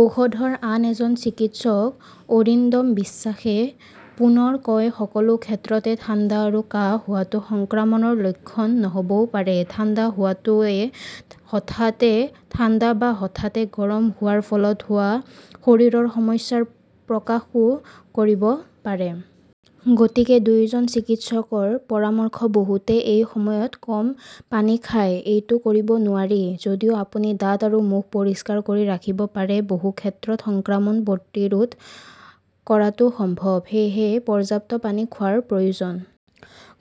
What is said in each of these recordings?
ঔষধৰ আন এজন চিকিৎসক অৰিন্দম বিশ্বাসে পুনৰ কয় সকলো ক্ষেত্ৰতে ঠাণ্ডা আৰু কাহ হোৱাটো সংক্ৰমণৰ লক্ষণ নহ'বও পাৰে। ঠাণ্ডা হোৱাটোৱে হঠাতে ঠাণ্ডা বা হঠাতে গৰম হোৱাৰ ফলত হোৱা শৰীৰৰ সমস্যাৰ প্ৰকাশও কৰিব পাৰে। গতিকে দুয়োজন চিকিৎসকৰ পৰামৰ্শ বহুতে এই সময়ত কম পানী খায়। এইটো কৰিব নোৱাৰি। যদিও আপুনি দাঁত আৰু মুখ পৰিষ্কাৰ কৰি ৰাখিব পাৰে, বহু ক্ষেত্ৰত সংক্ৰমণ প্ৰতিৰোধ কৰাটো সম্ভৱ। সেয়েহে পৰ্যাপ্ত পানী খোৱাৰ প্ৰয়োজন।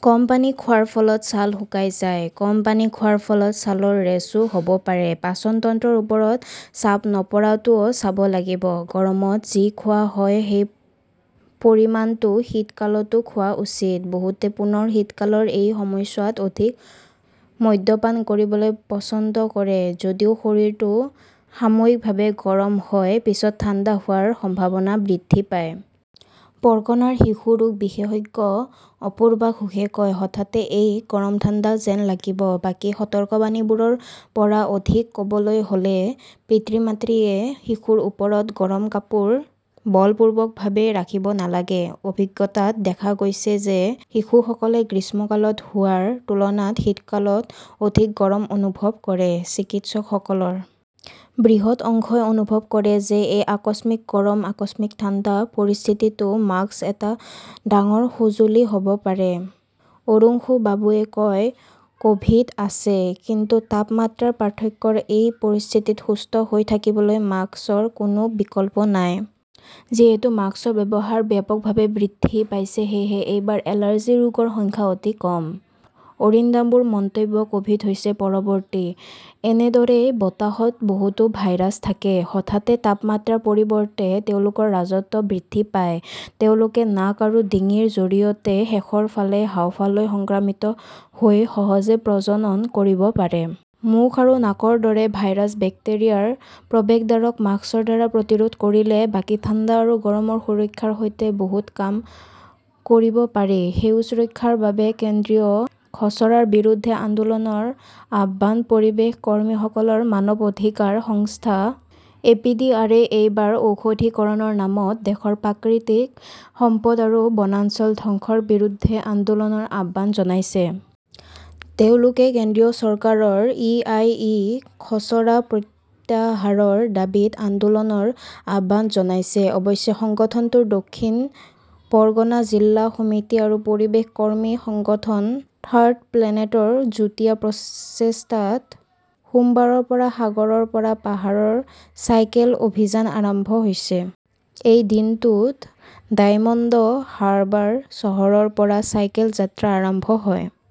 কম পানী খোৱাৰ ফলত ছাল শুকাই যায়। কম পানী খোৱাৰ ফলত ছালৰ ৰেচও হ'ব পাৰে। পাচন তন্ত্ৰৰ ওপৰত চাপ নপৰাটোও চাব লাগিব। গৰমত যি খোৱা হয় সেই পৰিমাণটো শীতকালতও খোৱা উচিত। বহুতে পুনৰ শীতকালৰ এই সময়ছোৱাত অধিক মদ্যপান কৰিবলৈ পছন্দ কৰে যদিও শৰীৰটো সাময়িকভাৱে গৰম হয় পিছত ঠাণ্ডা হোৱাৰ সম্ভাৱনা বৃদ্ধি পায়। পৰ্গনাৰ শিশু ৰোগ বিশেষজ্ঞ অপূৰ্বা ঘোষে কয়, হঠাতে এই গৰম-ঠাণ্ডা যেন লাগিব। বাকী সতৰ্কবাণীবোৰৰ পৰা অধিক ক'বলৈ হ'লে পিতৃ-মাতৃয়ে শিশুৰ ওপৰত গৰম কাপোৰ বলপূৰ্বকভাৱে ৰাখিব নালাগে। অভিজ্ঞতাত দেখা গৈছে যে শিশুসকলে গ্ৰীষ্মকালত হোৱাৰ তুলনাত শীতকালত অধিক গৰম অনুভৱ কৰে। চিকিৎসকসকলৰ বৃহৎ অংশই অনুভৱ কৰে যে এই আকস্মিক গৰম, আকস্মিক ঠাণ্ডা, পৰিস্থিতিতো মাস্ক এটা ডাঙৰ সঁজুলি হ'ব পাৰে। অৰুংশুবাবুৱে কয়, ক'ভিড আছে। কিন্তু তাপমাত্ৰাৰ পাৰ্থক্যৰ এই পৰিস্থিতিত সুস্থ হৈ থাকিবলৈ মাস্কৰ কোনো বিকল্প নাই। যিহেতু মাস্কৰ ব্যৱহাৰ ব্যাপকভাৱে বৃদ্ধি পাইছে, সেয়েহে এইবাৰ এলাৰ্জি ৰোগৰ সংখ্যা অতি কম। অৰিন্দাম্বুৰ মন্তব্য ক'ভিড হৈছে পৰৱৰ্তী। এনেদৰেই বতাহত বহুতো ভাইৰাছ থাকে। হঠাতে তাপমাত্ৰাৰ পৰিৱৰ্তে তেওঁলোকৰ ৰাজত্ব বৃদ্ধি পায় ,তেওঁলোকে নাক আৰু ডিঙিৰ জৰিয়তে শেষৰ ফালে হাঁওফাঁওলৈ সংক্ৰমিত হৈ সহজে প্ৰজনন কৰিব পাৰে। মুখ আৰু নাকৰ দৰে ভাইৰাছ-বেক্টেৰিয়াৰ প্ৰৱেশদ্বাৰক মাস্কৰ দ্বাৰা প্ৰতিৰোধ কৰিলে বাকী ঠাণ্ডা আৰু গৰমৰ সুৰক্ষাৰ সৈতে বহুত কাম কৰিব পাৰি। সেউজ ৰক্ষাৰ বাবে কেন্দ্ৰীয় খচৰাৰ বিৰুদ্ধে আন্দোলনৰ আহ্বান পৰিৱেশ কৰ্মীসকলৰ মানৱ অধিকাৰ সংস্থা এপিডিআৰে এইবাৰ ঔদ্যোগিকৰণৰ নামত দেশৰ প্ৰাকৃতিক সম্পদ আৰু বনাঞ্চল ধ্বংসৰ বিৰুদ্ধে আন্দোলনৰ আহ্বান জনাইছে। তেওঁলোকে কেন্দ্ৰীয় চৰকাৰৰ ই.আই.এ .খচৰা প্ৰত্যাহাৰৰ দাবীত আন্দোলনৰ আহ্বান জনাইছে। অৱশ্যে সংগঠনটোৰ দক্ষিণ পৰগনা জিলা সমিতি আৰু পৰিৱেশ কৰ্মী সংগঠন থাৰ্ড প্লেনেটৰ যুটীয়া প্ৰচেষ্টাত সোমবাৰৰ পৰা সাগৰৰ পৰা পাহাৰৰ চাইকেল অভিযান আৰম্ভ হৈছে। এই দিনটোত ডায়মণ্ড হাৰ্বাৰ চহৰৰ পৰা চাইকেল যাত্ৰা আৰম্ভ হয়।